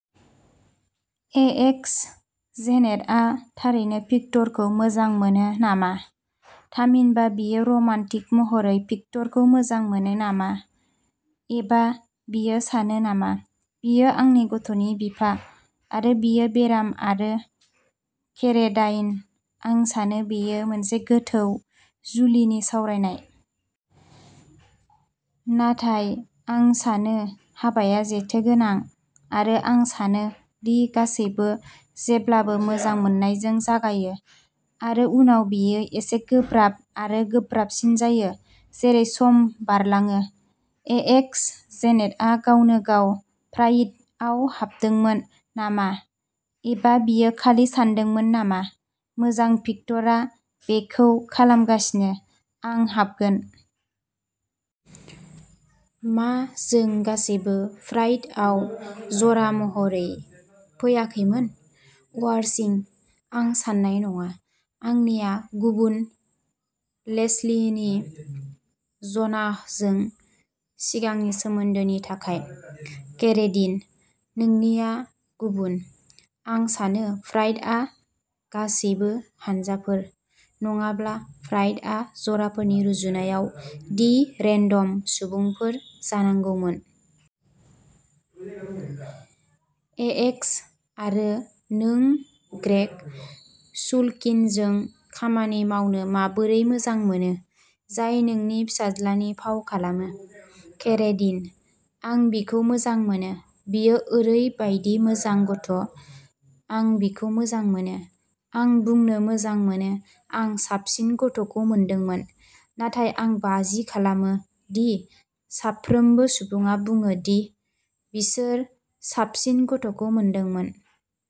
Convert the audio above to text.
एएक्सः जेनेटआ थारैनो भिक्टरखौ मोजां मोनो नामा? थामहिनबा, बियो रमान्टिक महरै भिक्टरखौ मोजां मोनो नामा, एबा बियो सानो नामा, "बियो आंनि गथ'नि बिफा, आरो बियो बेराम आरो? "? केरेडाइनः आं सानो बेयो मोनसे गोथौ जुलिनि सावरायनाय। नाथाय आं सानो हाबाया जेथो गोनां, आरो आं सानो दि गासैबो जेब्लाबो मोजां मोननायजों जागायो, आरो उनाव बेयो एसे गोब्राब आरो गोब्राबसिन जायो जेरै सम बारलाङो। एएक्सः जेनेटआ गावनो गाव प्राइडआव हाबदोंमोन नामा, एबा बियो खालि सानदोंमोन नामा, "मोजां, भिक्टरआ बेखौ खालामगासिनो, आं हाबगोन"? मा जों गासैबो प्राइडआव जरा महरै फैयाखैमोन? वार्शिंः आं सान्नाय नङा। आंनिआ गुबुन लेस्लिनि ज'नाहजों सिगांनि सोमोन्दोनि थाखाय। केरेडिनः नोंनिआ गुबुन। आं सानो प्राइडआ गासैबो हानजाफोर। नङाब्ला, प्राइडआ जराफोरनि रुजुनायाव जि रेन्डम सुबुंफोर जानांगौमोन। एएक्सः आरो नों ग्रेग सुल्किनजों खामानि मावनो माबोरै मोजां मोनो, जाय नोंनि फिसाज्लानि फाव खालामो? केरेडिनः आं बिखौ मोजां मोनो। बियो ओरैबायदि मोजां गथ'। आं बिखौ मोजां मोनो। आं बुंनो मोजां मोनो आं साबसिन गथ'खौ मोनदोंमोन, नाथाय आं बाजि खालामो दि साफ्रोमबो सुबुङा बुङो दि बिसोर साबसिन गथ'खौ मोनदोंमोन।